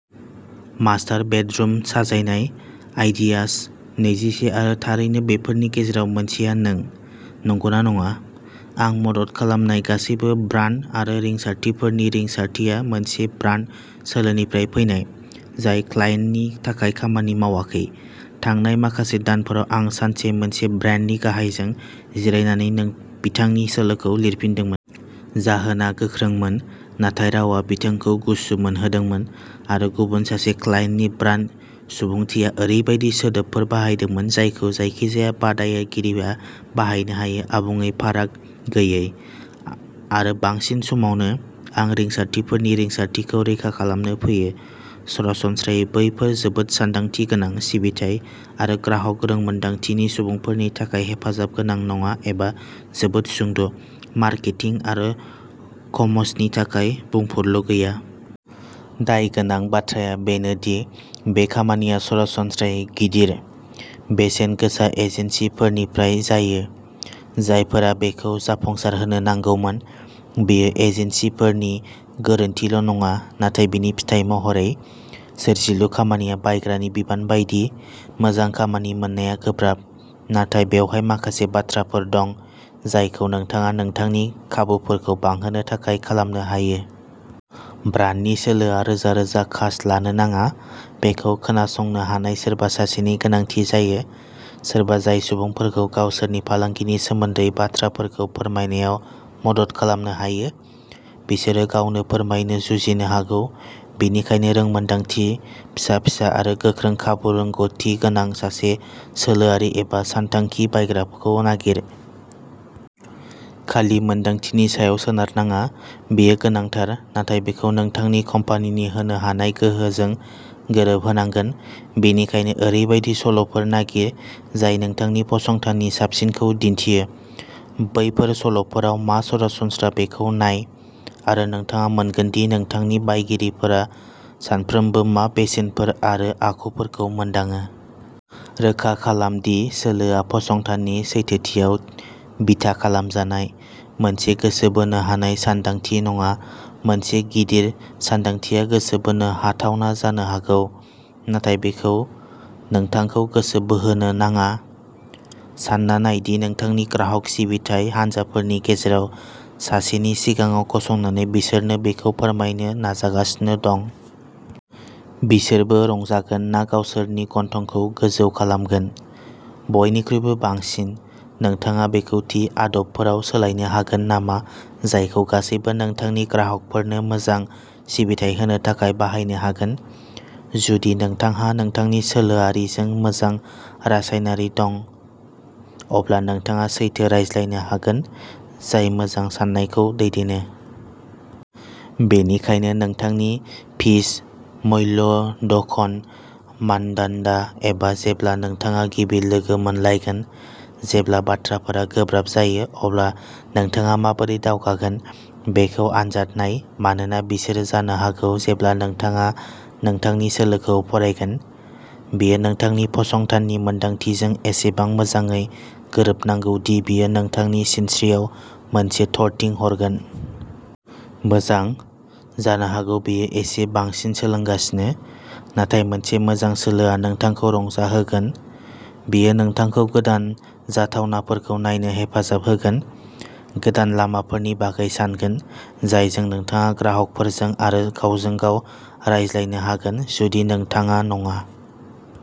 Master bedroom साजायनाय ideas नैजिसे आरो थारैनो बेफोरनि गेजेराव मोनसेआ नों, नंगौना नङा? आं मदद खालामनाय गासैबो ब्रान्ड आरो रिंसारथिफोरनि रिंसारथिया मोनसे ब्रान्ड सोलोनिफ्राय फैनाय, जाय क्लाइन्टनि थाखाय खामानि मावाखै। थांनाय माखासे दानफोराव आं सानसे मोनसे ब्रेन्डनि गाहायजों जिरायनानै बिथांनि सोलोखौ लिरफिनदोंमोन। जाहोना गोख्रोंमोन नाथाय रावा बिथांखौ गुसु मोनहोदोंमोन। आरो गुबुन सासे क्लाइन्टनि ब्रान्ड सुबुंथिया ओरैबायदि सोदोबफोर बाहायदोंमोन जायखौ जायखिजाया बादायगिरिया बाहायनो हायो-आबुङै फाराग गैयै। आरो बांसिन समावनो, आं रिंसारथिफोरनि रिंसारथिखौ रैखा खालामनो फैयो। सरासनस्रायै बैफोर जोबोद सानदांथि गोनां, सिबिथाइ आरो ग्राहक रोंमोनदांथिनि सुबुंफोरनि थाखाय हेफाजाबगोनां नङा एबा जोबोद सुंद ', मार्केटिं आरो कमसनि थाखाय बुंफुरलु गैया। दायगोनां बाथ्राया बेनो दि बे खामानिया सरासनस्रायै गिदिर, बेसेन गोसा एजेन्सिफोरनिफ्राय जायो, जायफोरा बेखौ जाफुंसारहोनो नांगौमोन। बेयो एजेन्सिफोरनि गोरोन्थिल'नङा। नाथाय बेनि फिथाइ महरै। सोरजिलु खामानिया बायग्रानि बिबान बायदि। मोजां खामानि मोननाया गोब्राब। नाथाय बेवहाय माखासे बाथ्राफोर दं जायखौ नोंथाङा नोंथांनि खाबुफोरखौ बांहोनो थाखाय खालामनो हायो। ब्रान्डनि सोलोआ रोजा-रोजा कास्ट लानो नाङा। बेखौ खोनासंनो हानाय सोरबा सासेनि गोनांथि जायो। सोरबा जाय सुबुंफोरखौ गावसोरनि फालांगिनि सोमोन्दै बाथ्राफोरखौ फोरमायनायाव मदद खालामनो हायो, बिसोरो गावनो फोरमायनो जुजिनो हागौ। बेनिखायनो रोंमोनदांथि, फिसा-फिसा आरो गोख्रों खाबु रोंग'थि गोनां सासे सोलोआरि एबा सानथांखि बानायग्राखौ नागिर। खालि मोनदांथिनि सायाव सोनारनाङा। बेयो गोनांथार, नाथाय बेखौ नोंथांनि कम्पानिनि होनो हानाय गोहोजों गोरोबहोनांगोन। बेनिखायनो ओरैबायदि सल'फोर नागिर जाय नोंथांनि फसंथाननि साबसिनखौ दिन्थियो। बैफोर सल'फोराव मा सरासनस्रा बेखौ नाय, आरो नोंथाङा मोनगोन दि नोंथांनि बायगिरिफोरा सानफ्रोमबो मा बेसेनफोर आरो आखुफोरखौ मोनदाङो। रोखा खालाम दि सोलोआ फसंथाननि सैथोथियाव बिथा खालामजानाय, मोनसे गोसो बोनो हानाय सानदांथि नङा। मोनसे गिदिर सानदांथिया गोसो बोनो हाथावना जानो हागौ, नाथाय बेखौ नोंथांखौ गोसो बोहोनो नाङा। सानना नाय दि नोंथांनि ग्राहक सिबिथाइ हानजाफोरनि गेजेराव सासेनि सिगाङाव गसंनानै बिसोरनो बेखौ फोरमायनो नाजागासिनो दं। बिसोरबो रंजागोन ना गावसोरनि गन्थंखौ गोजौ खालामगोन? बयनिख्रुइबो बांसिन, नोंथाङा बेखौ थि आदबफोराव सोलायनो हागोन नामा जायखौ गासैबो नोंथांनि ग्राहकफोरनो मोजां सिबिथाइ होनो थाखाय बाहायनो हागोन। जुदि नोंथांहा नोंथांनि सोलोआरिजों मोजां रासायनारि दं, अब्ला नोंथाङा सैथो रायज्लायनो हागोन जाय मोजां साननायखौ दैदेनो। बेनिखायनो नोंथांनि पिच मूल्यङ्कन मानदान्दा, एबा जेब्ला नोंथाङा गिबि लोगो मोनलायगोन, जेब्ला बाथ्राफोरा गोब्राब जायो अब्ला नोंथाङा माबोरै दावगागोन बेखौ आनजाद नाय। मानोना बिसोरो जानो हागौ। जेब्ला नोंथाङा नोंथांनि सोलोखौ फरायगोन, बेयो नोंथांनि फसंथाननि मोनदांथिजों एसेबां मोजाङै गोरोबनांगौ दि बेयो नोंथांनि सिनस्रिआव मोनसे थरथिं हरगोन। मोजां, जानो हागौ बेयो एसे बांसिन सोंगासिनो, नाथाय मोनसे मोजां सोलोआ नोंथांखौ रंजाहोगोन। बेयो नोंथांखौ गोदान जाथावनाफोरखौ नायनो हेफाजाब होगोन, गोदान लामाफोरनि बागै सानगोन जायजों नोंथाङा ग्राहकफोरजों आरो गावजों-गाव रायज्लायनो हागोन। जुदि नोंथाङा नङा।